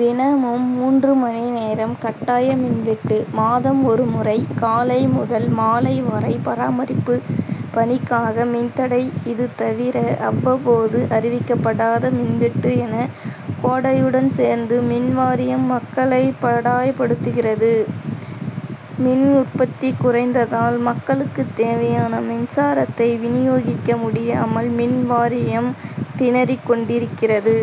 தினமும் மூன்று மணி நேரம் கட்டாய மின்வெட்டு; மாதம் ஒருமுறை காலை முதல் மாலை வரை பராமரிப்பு பணிக்காக மின்தடை இதுதவிர அவ்வப்போது அறிவிக்கப்படாத மின்வெட்டு என கோடையுடன் சேர்ந்து மின்வாரியம் மக்களை பாடாய்படுத்துகிறது. மின் உற்பத்தி குறைந்ததால் மக்களுக்கு தேவையான மின்சாரத்தை வினியோகிக்க முடியாமல் மின்வாரியம் திணறிக் கொண்டிருக்கிறது.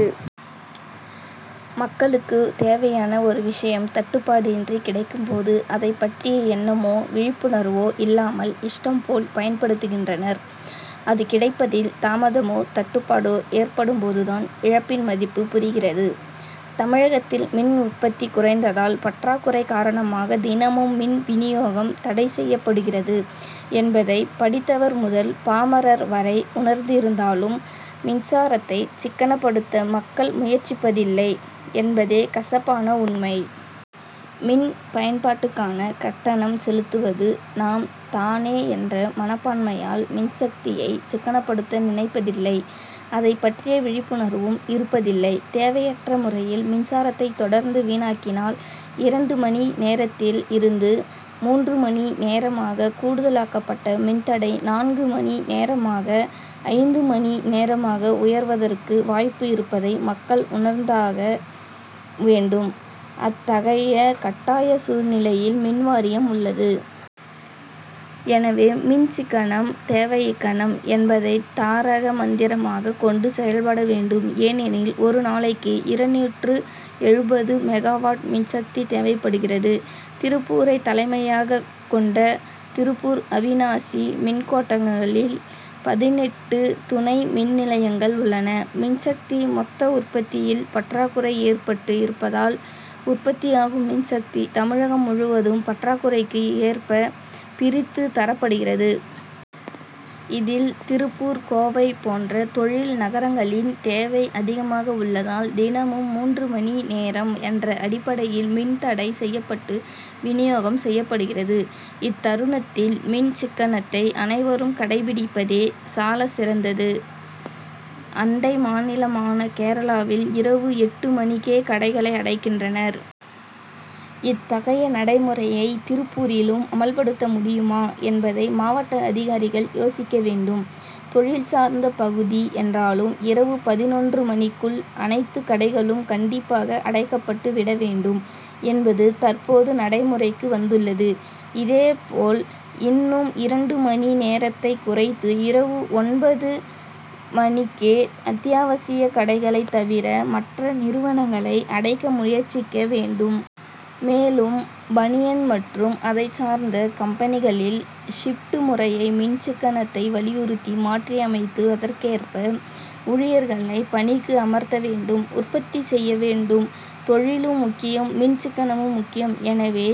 மக்களுக்கு தேவையான ஒரு விஷயம் தட்டுப்பாடின்றி கிடைக்கும்போது அதைப்பற்றிய எண்ணமோ விழிப்புணர்வோ இல்லாமல் இஷ்டம் போல் பயன்படுத்துகின்றனர் அது கிடைப்பதில் தாமதமோ தட்டுப்பாடோ ஏற்படும் போதுதான் இழப்பின் மதிப்பு புரிகிறது. தமிழகத்தில் மின் உற்பத்தி குறைந்ததால் பற்றாக்குறை காரணமாக தினமும் மின் வினியோகம் தடை செய்யப் படுகிறது என்பதை படித்தவர் முதல் பாமரர் வரை உணர்ந்திருந்தாலும் மின்சாரத்தை சிக்கனப்படுத்த மக்கள் முயற்சிப் பதில்லை என்பதே கசப்பான உண்மை. மின்பயன்பாட்டுக்கான கட்டணம் செலுத்துவது நாம் தானே என்ற மனப்பான்மையால் மின்சக்தியை சிக்கனப்படுத்த நினைப்பதில்லை அதைப்பற்றிய விழிப்புணர்வும் இருப்பதில்லை. தேவையற்ற முறையில் மின்சாரத்தை தொடர்ந்து வீணாக்கினால் இரண்டு மணி நேரத்தில் இருந்து மூன்று மணி நேரமாக கூடுதலாக்கப்பட்ட மின்தடை நான்கு மணி நேரமாக ஐந்து மணி நேரமாக உயர்வதற்கு வாய்ப்பு இருப்பதை மக்கள் உணர்ந்தாக வேண்டும் அத்தகைய கட்டாய சூழ்நிலையில் மின்வாரியம் உள்ளது. எனவே மின்சிக்கனம் தேவை இக்கணம் என்பதை தாரக மந்திரமாக கொண்டு செயல்பட வேண்டும். ஏனெனில் ஒரு நாளைக்கு இருநூற்று எழுபது மெகாவாட் மின் சக்தி தேவைப்படுகிறது. திருப்பூரை தலைமையாக கொண்ட திருப்பூர் அவிநாசி மின்கோட்டங்களில் பதினெட்டு துணை மின்நிலையங்கள் உள்ளன. மின்சக்தி மொத்த உற்பத்தியில் பற்றாக்குறை ஏற்பட்டு இருப்பதால் உற்பத்தியாகும் மின் சக்தி தமிழகம் முழுவதும் பற்றாக்குறைக்கு ஏற்ப பிரித்து தரப்படுகிறது. இதில் திருப்பூர், கோவை போன்ற தொழில் நகரங்களின் தேவை அதிகமாக உள்ளதால் தினமும் மூன்று மணி நேரம் என்ற அடிப்படையில் மின் தடை செய்யப்பட்டு வினியோகம் செய்யப்படுகிறது. இத்தருணத்தில் மின் சிக்கனத்தை அனைவரும் கடைபிடிப்பதே சாலச்சிறந்தது. அண்டை மாநிலமான கேரளாவில் இரவு எட்டு மணிக்கே கடைகளை அடைக்கின்றனர். இத்தகைய நடைமுறையை திருப்பூரிலும் அமல்படுத்த முடியுமா என்பதை மாவட்ட அதிகாரிகள் யோசிக்க வேண்டும். தொழில் சார்ந்த பகுதி என்றாலும், இரவு பதினொன்று மணிக்குள் அனைத்து கடைகளும் கண்டிப்பாக அடைக்கப்பட்டு விட வேண்டும் என்பது தற்போது நடைமுறைக்கு வந்துள்ளது. இதேபோல் இன்னும் இரண்டு மணி நேரத்தை குறைத்து, இரவு ஒன்பது மணிக்கே அத்தியாவசியகடைகளை தவிர மற்ற நிறுவனங்களை அடைக்க முயற்சிக்க வேண்டும். மேலும் பனியன் மற்றும் அதைச்சார்ந்த கம்பெனிகளில் ஷிப்டு முறையை மின் சிக்கனத்தை வலியுறுத்தி மாற்றியமைத்து அதற்கேற்ப ஊழியர்களை பணிக்கு அமர்த்த வேண்டும் உற்பத்தி செய்ய வேண்டும். தொழிலும் முக்கியம் மின் சிக்கனமும் முக்கியம். எனவே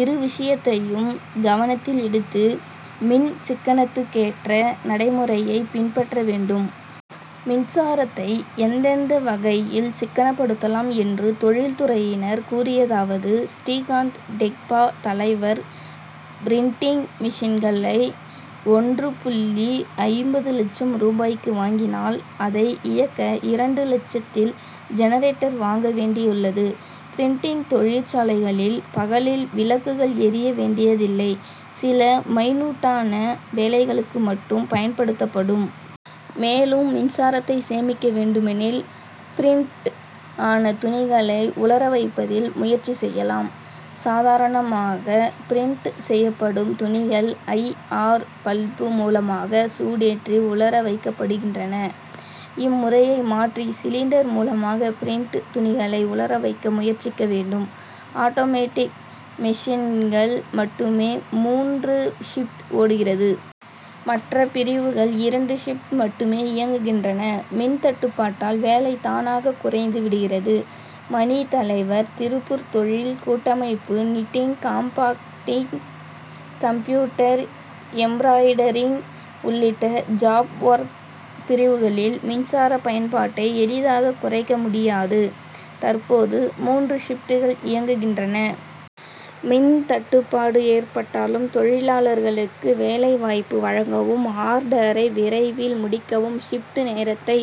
இரு விஷயத்தையும் கவனத்தில் எடுத்து மின் சிக்கனத்துக்கேற்ற நடைமுறையை பின்பற்ற வேண்டும். மின்சாரத்தை எந்தெந்த வகையில் சிக்கனப்படுத்தலாம் என்று தொழில் துறையினர் கூறியதாவது:ஸ்ரீகாந்த் டெக்பா தலைவர் பிரின்டிங் மெஷின்களை ஒன்று புள்ளி ஐம்பது லட்சம் ரூபாய்க்கு வாங்கினால் அதை இயக்க இரண்டு லட்சத்தில் ஜெனரேட்டர் வாங்க வேண்டியுள்ளது. பிரின்டிங் தொழிற் சாலைகளில் பகலில் விளக்குகள் எரிய வேண்டியதில்லை. சில மைனூட்டான வேலைகளுக்கு மட்டும் பயன்படுத்தப்படும். மேலும் மின்சாரத்தை சேமிக்க வேண்டுமெனில் பிரின்ட் ஆன துணிகளை உலர வைப்பதில் முயற்சி செய்யலாம். சாதாரணமாக பிரின்ட் செய்யப்படும் துணிகள் ஐ. ஆர். பல்பு மூலமாக சூடேற்றி உலர வைக்கப்படுகின்றன. இம்முறையை மாற்றி சிலிண்டர் மூலமாக பிரின்ட் துணிகளை உலர வைக்க முயற்சிக்க வேண்டும். ஆட்டோமேட்டிக் மெஷின்கள் மட்டுமே மூன்று ஷிப்ட் ஓடுகிறது. மற்றபிரிவுகள் இரண்டு ஷிப்ட் மட்டுமே இயங்குகின்றன. மின் தட்டுப்பாட்டால் வேலை தானாக குறைந்து விடுகிறது. மணி தலைவர் திருப்பூர் தொழில் கூட்டமைப்பு நிட்டிங் காம்பாக்டிங் கம்ப்யூட்டர் எம்ப்ராய்டரிங் உள்ளிட்ட ஜாப் ஒர்க் பிரிவுகளில் மின்சார பயன்பாட்டை எளிதாக குறைக்க முடியாது. தற்போது மூன்று ஷிப்ட்கள் இயங்குகின்றன. மின் தட்டுப்பாடு ஏற்பட்டாலும் தொழிலாளர்களுக்கு வேலைவாய்ப்பு வழங்கவும் ஆர்டரை விரைவில் முடிக்கவும் ஷிப்ட் நேரத்தை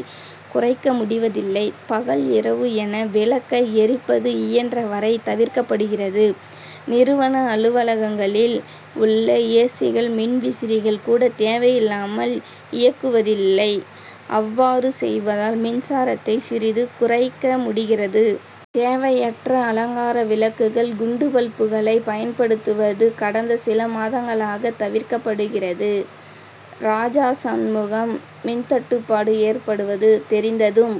குறைக்க முடிவதில்லை. பகல் இரவு என விளக்கை எரிப்பது இயன்ற வரை தவிர்க்கப்படுகிறது. நிறுவன அலுவலகங்களில் உள்ள ஏசிகள் மின்விசிறிகள் கூட தேவையில்லாமல் இயக்குவதில்லை. அவ்வாறு செய்வதால் மின்சாரத்தை சிறிது குறைக்க முடிகிறது. தேவையற்ற அலங்கார விளக்குகள் குண்டு பல்புகளை பயன்படுத்துவது கடந்த சில மாதங்களாக தவிர்க்கப்படுகிறது. ராஜாசண்முகம்: மின்தட்டுப்பாடு ஏற்படுவது தெரிந்ததும்